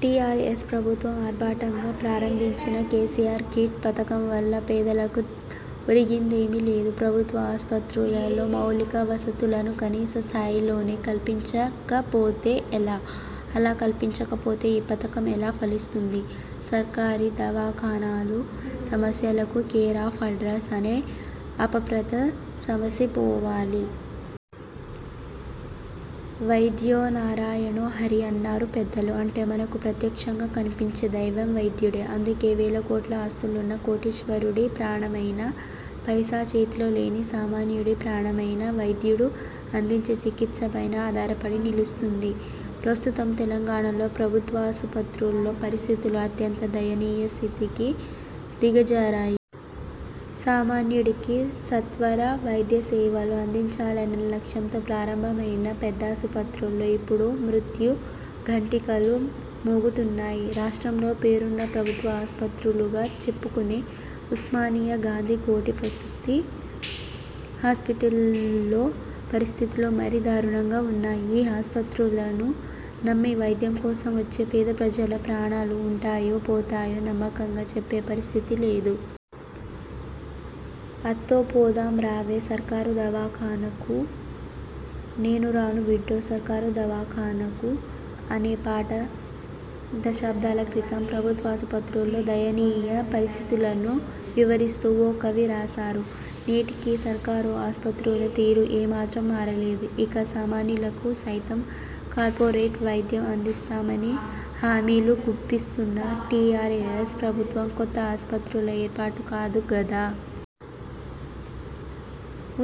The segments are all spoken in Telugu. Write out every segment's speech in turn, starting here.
టీఆర్ఎస్ ప్రభుత్వం ఆర్భాటంగా ప్రారంభించిన 'కేసీఆర్ కిట్' పథకం వల్ల పేదలకు ఒరిగిందేమీ లేదు. ప్రభుత్వ ఆస్పత్రులలో మౌలిక వసతులను కనీస స్థాయిలోనే కల్పించకపోతే ఎలా? అలా కల్పించకపోతే ఈ పథకం ఎలా ఫలిస్తుంది? సర్కారీ దావాఖానాలు సమస్యలకు కేరాఫ్ అడ్రస్ అనే అపప్రథ సమసిపోవాలి. వైద్యో నారాయణో హరి' అన్నారు పెద్దలు. అంటే మనకు ప్రత్యక్షంగా కనిపించే దైవం వైద్యుడే. అందుకే వేల కోట్ల ఆస్తులున్న కోటీశ్వరుడి ప్రాణమైనా. పైసా చేతిలో లేని సామాన్యుడి ప్రాణమైనా వైద్యుడు అందించే చికిత్సపైనే ఆధారపడి నిలుస్తుంది. ప్రస్తుతం తెలంగాణలో ప్రభుత్వాసుపత్రుల్లో పరిస్థితులు అత్యంత దయనీయ స్థితికి దిగజారాయి. సామాన్యుడికి సత్వర వైద్యసేవలు అందించాలనే లక్ష్యంతో ప్రారంభమైన పెద్దాసుపత్రుల్లో ఇప్పుడు మృత్యు ఘంటికలు మోగుతున్నాయి. రాష్ట్రంలో పేరున్న ప్రభుత్వ ఆస్పత్రులుగా చెప్పుకునే ఉస్మానియా, గాంధీ, కోఠి ప్రసూతి హాస్పిటల్స్లో పరిస్థితులు మరీ దారుణంగా ఉన్నాయి. ఈ ఆస్పత్రులను నమ్మి వైద్యం కోసం వచ్చే పేదప్రజల ప్రాణాలు ఉంటాయో పోతాయో నమ్మకంగా చెప్పే పరిస్థితి లేదు. ''అత్తో పోదాం రావే సర్కారు దవాఖానాకు నేను రాను బిడ్డో సర్కారు దవాఖానాకు'' అనే పాట దశాబ్దాల క్రితం ప్రభుత్వాసుపత్రుల్లో దయనీయ పరిస్థితులను వివరిస్తూ ఓ కవి రాశారు. నేటికీ సర్కారు ఆస్పత్రుల తీరు ఏమాత్రం మారలేదు. ఇక సామాన్యులకు సైతం కార్పొరేట్ వైద్యం అందిస్తామని హామీలు గుప్పిస్తున్న టీఆర్ఎస్ ప్రభుత్వం కొత్త ఆస్పత్రుల ఏర్పాటు కాదు గదా.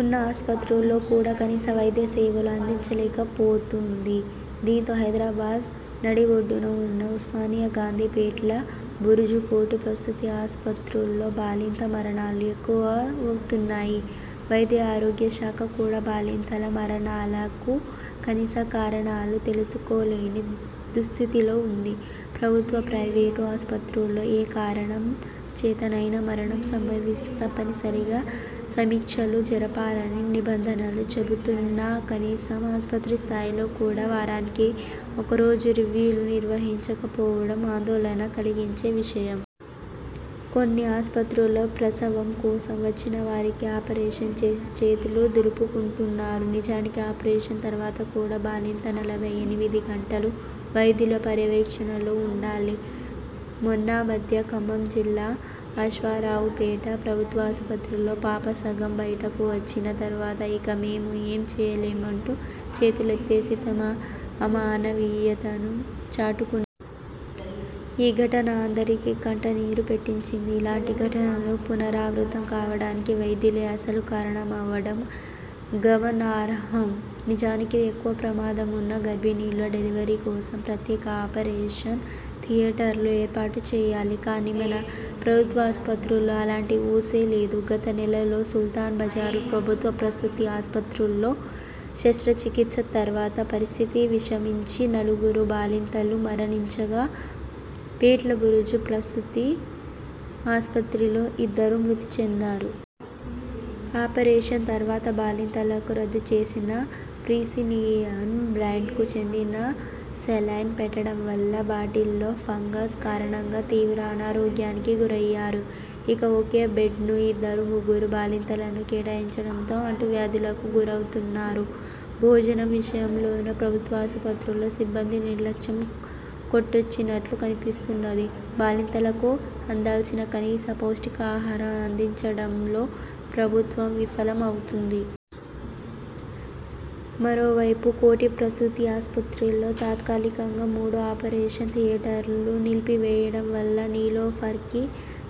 ఉన్న ఆస్పత్రుల్లో కూడా కనీస వైద్య సేవలు అందించలేకపోతోంది. దీంతో హైదరాబాద్ నడిబొడ్డున ఉన్న ఉస్మానియా, గాంధీ, పేట్ల బురుజు, కోఠి ప్రసూతి ఆస్పత్రుల్లో బాలింత మరణాలు ఎక్కువ ఉంటున్నాయి. వైద్య ఆరోగ్యశాఖ కూడా బాలింతల మరణాలకు కనీస కారణాలు తెలుసుకోలేని దుస్థితిలో ఉంది. ప్రభుత్వ, ప్రైవేటు ఆస్పత్రుల్లో ఏ కారణం చేతనైనా మరణం సంభవిస్తే తప్పనిసరిగా సమీక్షలు జరపాలని నిబంధనలు చెబుతున్నాకనీసం ఆస్పత్రి స్థాయిలో కూడా వారానికి ఒక రోజు రివ్యూలు నిర్వహించకపోవడం ఆందోళన కలిగించే విషయం. కొన్ని ఆస్పత్రుల్లో ప్రసవం కోసం వచ్చినవారికి ఆపరేషన్ చేసి చేతులు దులుపుకుంటున్నారు. నిజానికి ఆపరేషన్ తర్వాత కూడా బాలింత నలభై ఎనిమిది గంటలు వైద్యుల పర్యవేక్షణలో ఉండాలి. మొన్నామధ్య ఖమ్మం జిల్లా అశ్వారావుపేట ప్రభుత్వాసుపత్రిలో పాప సగం బైటకు వచ్చిన తర్వాత ఇక మేము ఏం చేయలేమంటూ చేతులెత్తేసి తమ అమానవీయతను చాటుకు ఈ ఘటన అందరికీ కంటనీరు పెట్టించింది. ఇలాంటి ఘటనలు పునరావృతం కావడానికి వైద్యులే అసలు కారణమవడం గమనార్హం. నిజానికి ఎక్కువ ప్రమాదమున్న గర్భిణుల డెలివరీకోసం ప్రత్యేక ఆపరేషన్ థియేటర్లు ఏర్పాటుచేయాలి. కానీ మన ప్రభుత్వాసుపత్రుల్లో అలాంటి ఊసే లేదు. గత నెలలో సుల్తాన్ బజారు ప్రభుత్వ ప్రసూతి ఆస్పత్రిలో శస్త్రచికిత్స తర్వాత పరిస్థితి విషమించి నలుగురు బాలింతలు మరణించగా పేట్లబురుజు ప్రసూతి ఆస్పత్రిలో ఇద్దరు మృతిచెందారు. ఆపరేషన్ తర్వాత బాలింతలకు రద్దుచేసిన ప్రిసీనియన్ బ్రాండ్కు చెందిన సెలైన్ పెట్టడం వల్ల బాటిల్లో ఫంగస్ కారణంగా తీవ్ర అనారోగ్యానికి గురయ్యారు. ఇక ఒకే బెడ్ను ఇద్దరు, ముగ్గురు బాలింతలను కేటాయించడంతో అంటువ్యాధులకు గురౌతున్నారు. భోజనం విషయంలోనూ ప్రభుత్వాసుపత్రుల్లో సిబ్బంది నిర్లక్ష్యం కొట్టొచ్చినట్లు కనిపిస్తున్నది. బాలింతలకు అందాల్సిన కనీస పౌష్టికాహారం అందించడంలో ప్రభుత్వం విఫలం అవుతుంది. మరోవైపు కోఠి ప్రసూతి ఆస్పత్రిలో తాత్కాలికంగా మూడు ఆపరేషన్ థియేటర్లు నిలిపివేయడం వల్ల నీలోఫర్కి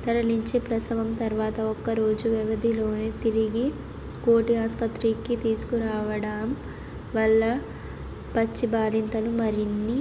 తరలించి ప్రసవం తర్వాత ఒక్కరోజు వ్వవధిలోనే తిరిగి కోఠి ఆస్పత్రికి తీసుకురావడం వల్ల పచ్చి బాలింతలు మరిన్ని